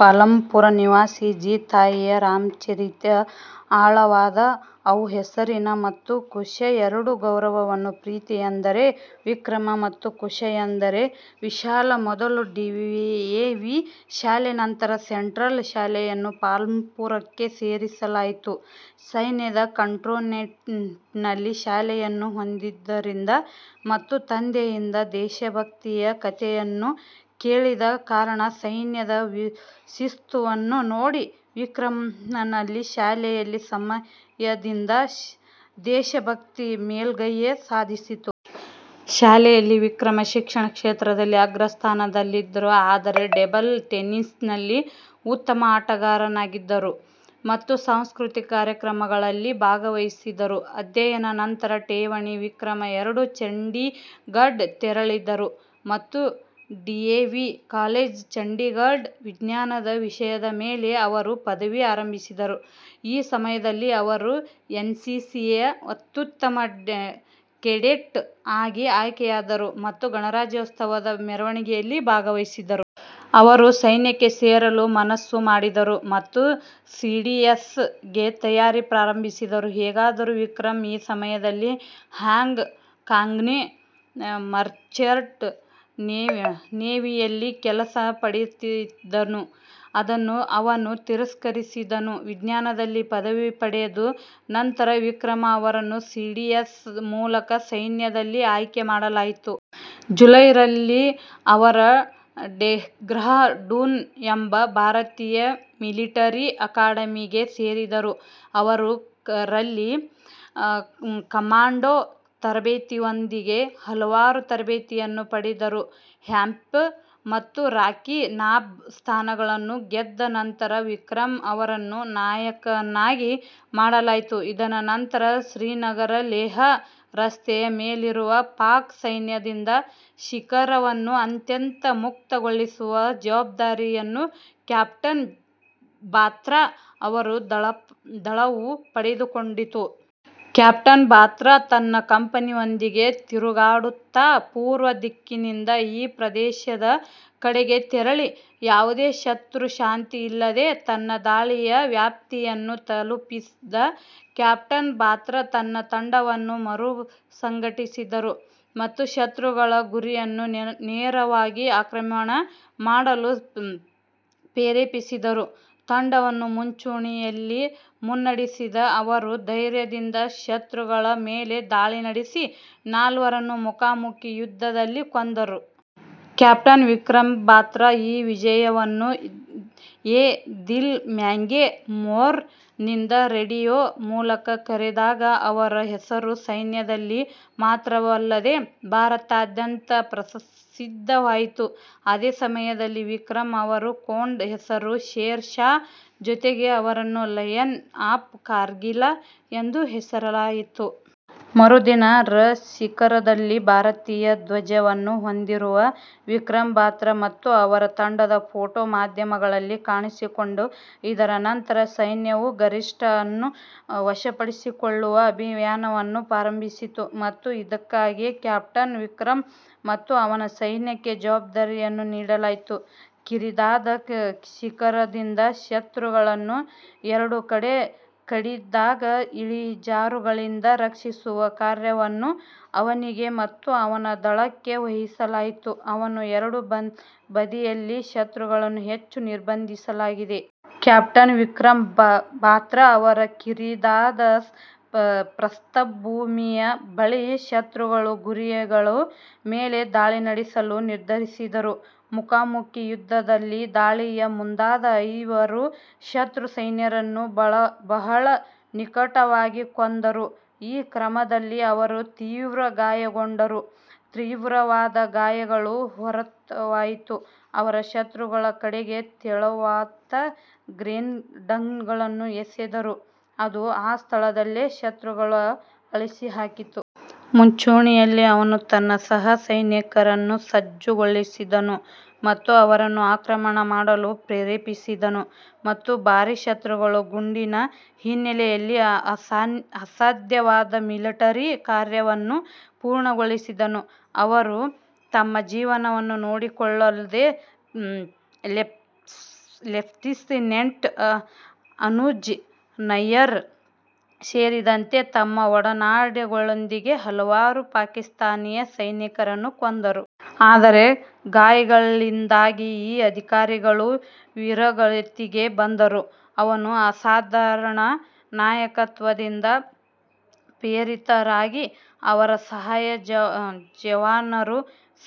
ಪಾಲಂಪುರ ನಿವಾಸಿ ಜಿ. ತಾಯಿಯ ರಾಮಚರಿತ ಆಳವಾದ ಅವು ಹೆಸರಿನ ಮತ್ತು ಕುಶ್ ಎರಡೂ ಗೌರವವನ್ನು. ಪ್ರೀತಿ ಎಂದರೆ ವಿಕ್ರಮ್ ಮತ್ತು ಕುಶ್ ಎಂದರೆ ವಿಶಾಲ್. ಮೊದಲು ಡಿಎವಿ ಶಾಲೆ, ನಂತರ ಸೆಂಟ್ರಲ್ ಶಾಲೆಯನ್ನು ಪಾಲಂಪುರಕ್ಕೆ ಸೇರಿಸಲಾಯಿತು. ಸೈನ್ಯದ ಕಂಟೋನ್ಮೆಂಟ್ನಲ್ಲಿ ಶಾಲೆಯನ್ನು ಹೊಂದಿದ್ದರಿಂದ ಮತ್ತು ತಂದೆಯಿಂದ ದೇಶಭಕ್ತಿಯ ಕಥೆಗಳನ್ನು ಕೇಳಿದ ಕಾರಣ ಸೈನ್ಯದ ಶಿಸ್ತನ್ನು ನೋಡಿ, ವಿಕ್ರಮ್ನಲ್ಲಿ ಶಾಲೆಯ ಸಮಯದಿಂದ ದೇಶಭಕ್ತಿ ಮೇಲುಗೈ ಸಾಧಿಸಿತು. ಶಾಲೆಯಲ್ಲಿ, ವಿಕ್ರಮ್ ಶಿಕ್ಷಣ ಕ್ಷೇತ್ರದಲ್ಲಿ ಅಗ್ರಸ್ಥಾನದಲ್ಲಿದ್ದರು, ಆದರೆ ಟೇಬಲ್ ಟೆನಿಸ್ನಲ್ಲಿ ಉತ್ತಮ ಆಟಗಾರರಾಗಿದ್ದರು ಮತ್ತು ಸಾಂಸ್ಕೃತಿಕ ಕಾರ್ಯಕ್ರಮಗಳಲ್ಲಿ ಭಾಗವಹಿಸಿದರು. ಅಧ್ಯಯನ ನಂತರ ಠೇವಣಿ ವಿಕ್ರಮ್ ಎರಡು ಚಂಡೀಘಢ ತೆರಳಿದರು ಮತ್ತು ಡಿಎವಿ ಕಾಲೇಜ್, ಚಂಡೀಘಢ ವಿಜ್ಞಾನದ ವಿಷಯದ ಮೇಲಿನ ಅವರ ಪದವಿ ಆರಂಭಿಸಿದರು. ಈ ಸಮಯದಲ್ಲಿ ಅವರು ಎನ್ಸಿಸಿಯ ಅತ್ಯುತ್ತಮ ಕೆಡೆಟ್ ಆಗಿ ಆಯ್ಕೆಯಾದರು ಮತ್ತು ಗಣರಾಜ್ಯೋತ್ಸವದ ಮೆರವಣಿಗೆಯಲ್ಲಿ ಭಾಗವಹಿಸಿದರು. ಅವರು ಸೈನ್ಯಕ್ಕೆ ಸೇರಲು ಮನಸ್ಸು ಮಾಡಿದರು ಮತ್ತು ಸಿಡಿಎಸ್ ಗೆ ತಯಾರಿ ಪ್ರಾರಂಭಿಸಿದರು. ಹೇಗಾದರೂ, ವಿಕ್ರಮ್ ಈ ಸಮಯದಲ್ಲಿ ಹಾಂಗ್ ಕಾಂಗ್ನ ಮರ್ಚೆಂಟ್ ನೇವಿಯಲ್ಲಿ ಕೆಲಸ ಪಡೆಯುತ್ತಿದ್ದನು, ಅದನ್ನು ಅವನು ತಿರಸ್ಕರಿಸಿದನು. ವಿಜ್ಞಾನದಲ್ಲಿ ಪದವಿ ಪಡೆದ ನಂತರ ವಿಕ್ರಮ್ ಅವರನ್ನು ಸಿಡಿಎಸ್ ಮೂಲಕ ಸೈನ್ಯದಲ್ಲಿ ಆಯ್ಕೆ ಮಾಡಲಾಯಿತು. ಜುಲೈ ರಲ್ಲಿ, ಅವರು ಡೆಹ್ರಾಡೂನ್ ಎಂಬ ಭಾರತೀಯ ಮಿಲಿಟರಿ ಅಕಾಡೆಮಿಗೆ ಸೇರಿದರು. ಅವರು ರಲ್ಲಿ ಕಮಾಂಡೋ ತರಬೇತಿಯೊಂದಿಗೆ ಹಲವಾರು ತರಬೇತಿಯನ್ನು ಪಡೆದರು. ಹ್ಯಾಂಪ್ ಮತ್ತು ರಾಕಿ ನಾಬ್ ಸ್ಥಾನಗಳನ್ನು ಗೆದ್ದ ನಂತರ ವಿಕ್ರಮ್ ಅವರನ್ನು ನಾಯಕನನ್ನಾಗಿ ಮಾಡಲಾಯಿತು. ಇದರ ನಂತರ, ಶ್ರೀನಗರ-ಲೇಹ್ ರಸ್ತೆಯ ಮೇಲಿರುವ ಪಾಕ್ ಸೈನ್ಯದಿಂದ ಶಿಖರವನ್ನು ಅತ್ಯಂತ ಮುಕ್ತಗೊಳಿಸುವ ಜವಾಬ್ದಾರಿಯನ್ನು ಕ್ಯಾಪ್ಟನ್ ಬಾತ್ರಾ ಅವರ ದಳವು ಪಡೆದುಕೊಂಡಿತು. ಕ್ಯಾಪ್ಟನ್ ಬಾತ್ರಾ ತನ್ನ ಕಂಪನಿಯೊಂದಿಗೆ ತಿರುಗಾಡುತ್ತಾ ಪೂರ್ವ ದಿಕ್ಕಿನಿಂದ ಈ ಪ್ರದೇಶದ ಕಡೆಗೆ ತೆರಳಿ ಯಾವುದೇ ಶತ್ರು ಶಾಯಿ ಇಲ್ಲದೆ ತನ್ನ ದಾಳಿಯ ವ್ಯಾಪ್ತಿಯನ್ನು ತಲುಪಿದ. ಕ್ಯಾಪ್ಟನ್ ಬಾತ್ರಾ ತನ್ನ ತಂಡವನ್ನು ಮರುಸಂಘಟಿಸಿದರು ಮತ್ತು ಶತ್ರುಗಳ ಗುರಿಗಳನ್ನು ನೇರವಾಗಿ ಆಕ್ರಮಣ ಮಾಡಲು ಪ್ರೇರೇಪಿಸಿದರು. ತಂಡವನ್ನು ಮುಂಚೂಣಿಯಲ್ಲಿ ಮುನ್ನಡೆಸಿದ ಅವರು ಧೈರ್ಯದಿಂದ ಶತ್ರುಗಳ ಮೇಲೆ ದಾಳಿ ನಡೆಸಿ ನಾಲ್ವರನ್ನು ಮುಖಾಮುಖಿ ಯುದ್ಧದಲ್ಲಿ ಕೊಂದರು. ಕ್ಯಾಪ್ಟನ್ ವಿಕ್ರಮ್ ಬಾತ್ರಾ ಈ ವಿಜಯವನ್ನು 'ಯೆ ದಿಲ್ ಮಾಂಗೆ ಮೋರ್' ನಿಂದ ರೇಡಿಯೊ ಮೂಲಕ ಕರೆದಾಗ, ಅವರ ಹೆಸರು ಸೈನ್ಯದಲ್ಲಿ ಮಾತ್ರವಲ್ಲದೆ ಭಾರತದಾದ್ಯಂತ ಪ್ರಸಿದ್ಧವಾಯಿತು. ಅದೇ ಸಮಯದಲ್ಲಿ, ವಿಕ್ರಮ್ ಅವರ ಕೋಡ್ ಹೆಸರು ಶೇರ್ ಷಾ ಜೊತೆಗೆ, ಅವರನ್ನು 'ಲಯನ್ ಆಫ್ ಕಾರ್ಗಿಲ್' ಎಂದು ಹೆಸರಿಸಲಾಯಿತು. ಮರುದಿನ, ರ ಶಿಖರದಲ್ಲಿ ಭಾರತೀಯ ಧ್ವಜವನ್ನು ಹೊಂದಿರುವ ವಿಕ್ರಮ್ ಬಾತ್ರಾ ಮತ್ತು ಅವರ ತಂಡದ ಫೋಟೋ ಮಾಧ್ಯಮಗಳಲ್ಲಿ ಕಾಣಿಸಿಕೊಂಡಿತು. ಇದರ ನಂತರ, ಸೈನ್ಯವು ಗರಿಷ್ಠ ಅನ್ನು ವಶಪಡಿಸಿಕೊಳ್ಳುವ ಅಭಿಯಾನವನ್ನು ಪ್ರಾರಂಭಿಸಿತು ಮತ್ತು ಇದಕ್ಕಾಗಿ ಕ್ಯಾಪ್ಟನ್ ವಿಕ್ರಮ್ ಮತ್ತು ಅವನ ಸೈನ್ಯಕ್ಕೆ ಜವಾಬ್ದಾರಿಯನ್ನು ನೀಡಲಾಯಿತು. ಕಿರಿದಾದ ಶಿಖರದಿಂದ ಶತ್ರುಗಳನ್ನು ಎರಡೂ ಕಡೆ ಕಡಿದಾದ ಇಳಿಜಾರುಗಳಿಂದ ರಕ್ಷಿಸುವ ಕಾರ್ಯವನ್ನು ಅವನಿಗೆ ಮತ್ತು ಅವನ ದಳಕ್ಕೆ ವಹಿಸಲಾಗಿತ್ತು, ಅದರ ಎರಡೂ ಬದಿಯಲ್ಲಿ ಶತ್ರುಗಳನ್ನು ಹೆಚ್ಚು ನಿರ್ಬಂಧಿಸಲಾಗಿದೆ. ಕ್ಯಾಪ್ಟನ್ ವಿಕ್ರಮ್ ಬಾತ್ರಾ ಅವರು ಕಿರಿದಾದ ಪ್ರಸ್ಥಭೂಮಿಯ ಬಳಿ ಶತ್ರುಗಳ ಗುರಿಗಳ ಮೇಲೆ ದಾಳಿ ನಡೆಸಲು ನಿರ್ಧರಿಸಿದರು. ಮುಖಾಮುಖಿ ಯುದ್ಧದಲ್ಲಿ ದಾಳಿಗೆ ಮುಂದಾದ ಐವರು ಶತ್ರು ಸೈನಿಕರನ್ನು ಬಹಳ ನಿಕಟವಾಗಿ ಕೊಂದರು. ಈ ಕ್ರಮದಲ್ಲಿ ಅವರು ತೀವ್ರ ಗಾಯಗೊಂಡರು. ತೀವ್ರವಾದ ಗಾಯಗಳ ಹೊರತಾಗಿಯೂ, ಅವರು ಶತ್ರುಗಳ ಕಡೆಗೆ ತೆವಳುತ್ತಾ ಗ್ರೆನೇಡ್ಗಳನ್ನು ಎಸೆದರು, ಅದು ಆ ಸ್ಥಳದಲ್ಲಿ ಶತ್ರುಗಳನ್ನು ಅಳಿಸಿಹಾಕಿತು. ಮುಂಚೂಣಿಯಲ್ಲಿ, ಅವನು ತನ್ನ ಸಹ ಸೈನಿಕರನ್ನು ಸಜ್ಜುಗೊಳಿಸಿದನು ಮತ್ತು ಅವರನ್ನು ಆಕ್ರಮಣ ಮಾಡಲು ಪ್ರೇರೇಪಿಸಿದನು ಮತ್ತು ಭಾರೀ ಶತ್ರುಗಳ ಗುಂಡಿನ ಹಿನ್ನೆಲೆಯಲ್ಲಿ ಅಸಾಧ್ಯವಾದ ಮಿಲಿಟರಿ ಕಾರ್ಯವನ್ನು ಪೂರ್ಣಗೊಳಿಸಿದನು. ಅವರು, ತಮ್ಮ ಜೀವನವನ್ನು ನೋಡಿಕೊಳ್ಳದೆ ಲೆಫ್ಟಿನೆಂಟ್ ಅನುಜ್ ನಯ್ಯರ್ ಸೇರಿದಂತೆ ತಮ್ಮ ಒಡನಾಡಿಗಳೊಂದಿಗೆ ಹಲವಾರು ಪಾಕಿಸ್ತಾನಿ ಸೈನಿಕರನ್ನು ಕೊಂದರು. ಆದರೆ ಗಾಯಗಳಿಂದಾಗಿ ಈ ಅಧಿಕಾರಿಗಳು ವೀರಗತಿಗೆ ಬಂದರು. ಅವರ ಅಸಾಧಾರಣ ನಾಯಕತ್ವದಿಂದ ಪ್ರೇರಿತರಾಗಿ, ಅವರ ಸಹ ಜವಾನರು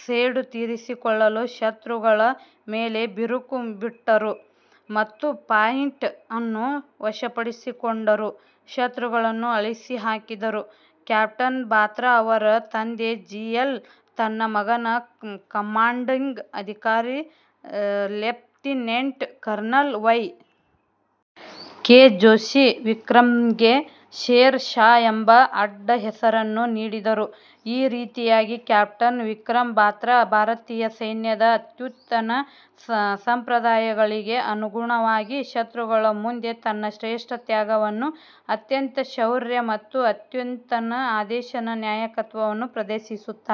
ಸೇಡು ತೀರಿಸಿಕೊಳ್ಳಲು ಶತ್ರುಗಳ ಮೇಲೆ ಬಿರುಕು ಬಿಟ್ಟರು ಮತ್ತು ಪಾಯಿಂಟ್ ಅನ್ನು ವಶಪಡಿಸಿಕೊಂಡರು, ಶತ್ರುಗಳನ್ನು ಅಳಿಸಿಹಾಕಿದರು. ಕ್ಯಾಪ್ಟನ್ ಬಾತ್ರಾ ಅವರ ತಂದೆ ಜಿ. ಎಲ್. ತನ್ನ ಮಗನ ಕಮಾಂಡಿಂಗ್ ಅಧಿಕಾರಿ lieutenant colonel Y. K. Joshi ವಿಕ್ರಮ್ಗೆ ಶೇರ್ ಷಾ ಎಂಬ ಅಡ್ಡಹೆಸರನ್ನು ನೀಡಿದರು. ಈ ರೀತಿಯಾಗಿ, ಕ್ಯಾಪ್ಟನ್ ವಿಕ್ರಮ್ ಬಾತ್ರಾ ಭಾರತೀಯ ಸೈನ್ಯದ ಅತ್ಯುನ್ನತ ಸಂಪ್ರದಾಯಗಳಿಗೆ ಅನುಗುಣವಾಗಿ, ಶತ್ರುಗಳ ಮುಂದೆ, ತನ್ನ ಶ್ರೇಷ್ಠ ತ್ಯಾಗವನ್ನು ಅತ್ಯಂತ ಶೌರ್ಯ ಮತ್ತು ಅತ್ಯುನ್ನತ ಆದೇಶದ ನಾಯಕತ್ವವನ್ನು ಪ್ರದರ್ಶಿಸುತ್ತಾನೆ.